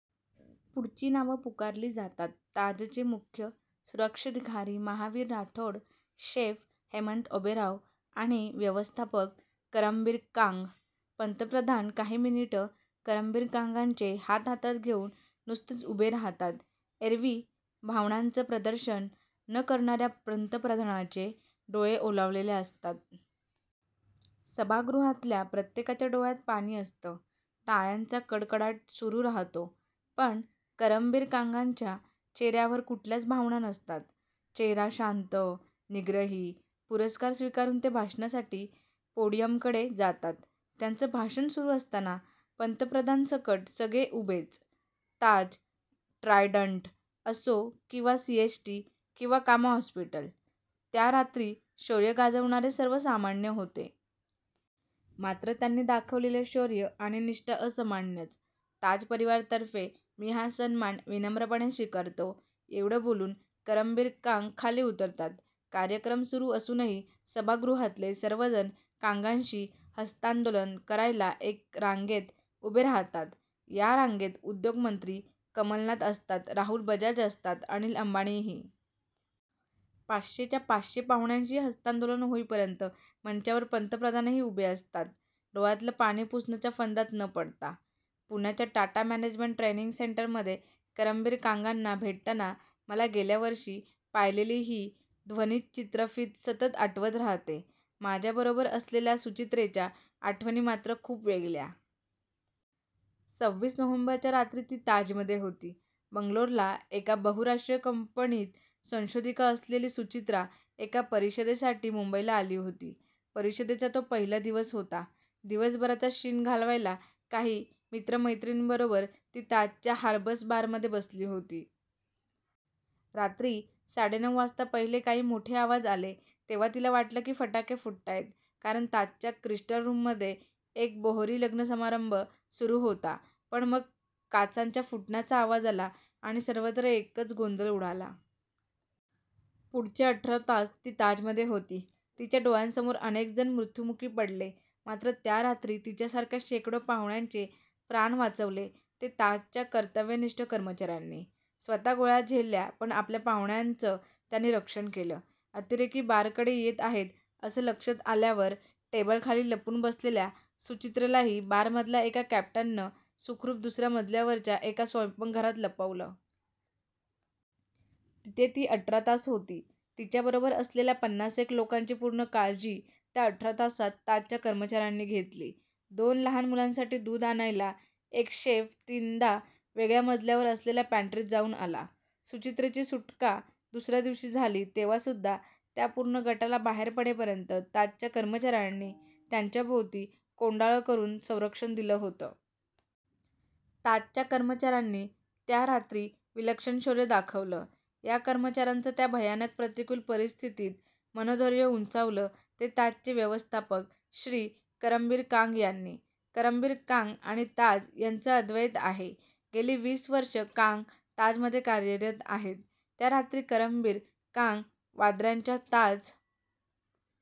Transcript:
पुढची नावं पुकारली जातात. ताजचे मुख्य सुरक्षाधिकारी महावीर राठौड, शेफ हेमंत ओबेरॉय आणि व्यवस्थापक करमबीर कांग. पंतप्रधान काही मिनिटं करमबीर कांगांचे हात हातात घेऊन नुसतेच उभे राहतात. एरवी भावनांचं प्रदर्शन न करणाऱ्या पंतप्रधानांचे डोळे ओलावलेले असतात. सभागृहातल्या प्रत्येकाच्या डोळ्यात पाणी असतं. टाळ्यांचा कडकडाट सुरू राहतो. पण करमबीर कांगांच्या चेहऱ्यावर कुठल्याच भावना नसतात. चेहरा शांत, निग्रही. पुरस्कार स्वीकारून ते भाषणासाठी पोडियमकडे जातात. त्यांचं भाषण सुरू असताना पंतप्रधानांसकट सगळे उभेच. ताज-ट्रायडण्ट असो किंवा सीएसटी किंवा कामा हॉस्पिटल, त्या रात्री शौर्य गाजवणारे सर्व सामान्य होते. मात्र त्यांनी दाखवलेलं शौर्य आणि निष्ठा असामान्यच. ताज परिवारातर्फे मी हा सन्मान विनम्रपणे स्वीकारतो, एवढं बोलून करमबीर कांग खाली उतरतात. कार्यक्रम सुरू असूनही सभागृहातले सर्वजण कांगांशी हस्तांदोलन करायला एका रांगेत उभे राहतात. या रांगेत उद्योगमंत्री कमलनाथ असतात, राहुल बजाज असतात, अनिल अंबानीही. पाचशेच्या पाचशे पाहुण्यांशी हस्तांदोलन होईपर्यंत मंचावर पंतप्रधानही उभेच असतात. डोळ्यातलं पाणी पुसण्याच्या फंदात न पडता. पुण्याच्या टाटा मॅनेजमेंट ट्रेनिंग सेंटरमध्ये करमबीर कांगांना भेटताना मला गेल्या वर्षी पाहिलेली ही ध्वनिचित्रफीत सतत आठवत राहते. माझ्याबरोबर असलेल्या सुचित्रेच्या आठवणी मात्र खूप वेगळ्या. सव्वीस नोव्हेंबरच्या रात्री ती ताजमध्ये होती. बंगलोरला एका बहुराष्ट्रीय कंपनीत संशोधिका असलेली सुचित्रा एका परिषदेसाठी मुंबईला आली होती. परिषदेचा तो पहिला दिवस होता. दिवसभराचा शीण घालवायला काही मित्रमैत्रिणींबरोबर ती ताजच्या हार्बर्स बारमध्ये बसली होती. रात्री साडेनऊ वाजता पहिले काही मोठे आवाज आले, तेव्हा तिला वाटलं की फटाके फुटतायेत, कारण ताजच्या क्रिस्टल रूममध्ये एक बोहरी लग्नसमारंभ सुरू होता. पण मग काचांच्या फुटण्याचा आवाज आला, आणि सर्वत्र एकच गोंधळ उडाला. पुढचे अठरा तास ती ताजमध्ये होती. तिच्या डोळ्यांसमोर अनेकजण मृत्युमुखी पडले. मात्र त्या रात्री तिच्यासारख्या शेकडो पाहुण्यांचे प्राण वाचवले ते ताजच्या कर्तव्यनिष्ठ कर्मचाऱ्यांनी. स्वतः गोळ्या झेलल्या, पण आपल्या पाहुण्यांचं त्यांनी रक्षण केलं. अतिरेकी बारकडे येत आहेत असं लक्षात आल्यावर टेबलाखाली लपून बसलेल्या सुचित्रेलाही बारमधल्या एका कॅप्टननंच सुखरूप दुसऱ्या मजल्यावरच्या एका स्वयंपाकघरात लपवलं. तिथे ती अठरा तास होती. तिच्याबरोबर असलेल्या पन्नासेक लोकांची पूर्ण काळजी त्या अठरा तासांत ताजच्या कर्मचाऱ्यांनी घेतली. दोन लहान मुलांसाठी दूध आणायला एक शेफ तीनदा वेगळ्या मजल्यावर असलेल्या पॅन्ट्रीत जाऊन आला. सुचित्रेची सुटका दुसऱ्या दिवशी झाली तेव्हासुद्धा त्या पूर्ण गटाला बाहेर पडेपर्यंत ताजच्या कर्मचाऱ्यांनी त्यांच्याभोवती कोंडाळं करून संरक्षण दिलं होतं. ताजच्या कर्मचाऱ्यांनी त्या रात्री विलक्षण शौर्य दाखवलं. या कर्मचाऱ्यांचं त्या भयानक प्रतिकूल परिस्थितीत मनोधैर्य उंचावलं ते ताजचे व्यवस्थापक श्री. करमबीर कांग यांनी. करमबीर कांग आणि ताज यांचं अद्वैत आहे. गेली वीस वर्षं कांग ताजमध्ये कार्यरत आहेत. त्या रात्री करमबीर कांग वांद्र्याच्या ताज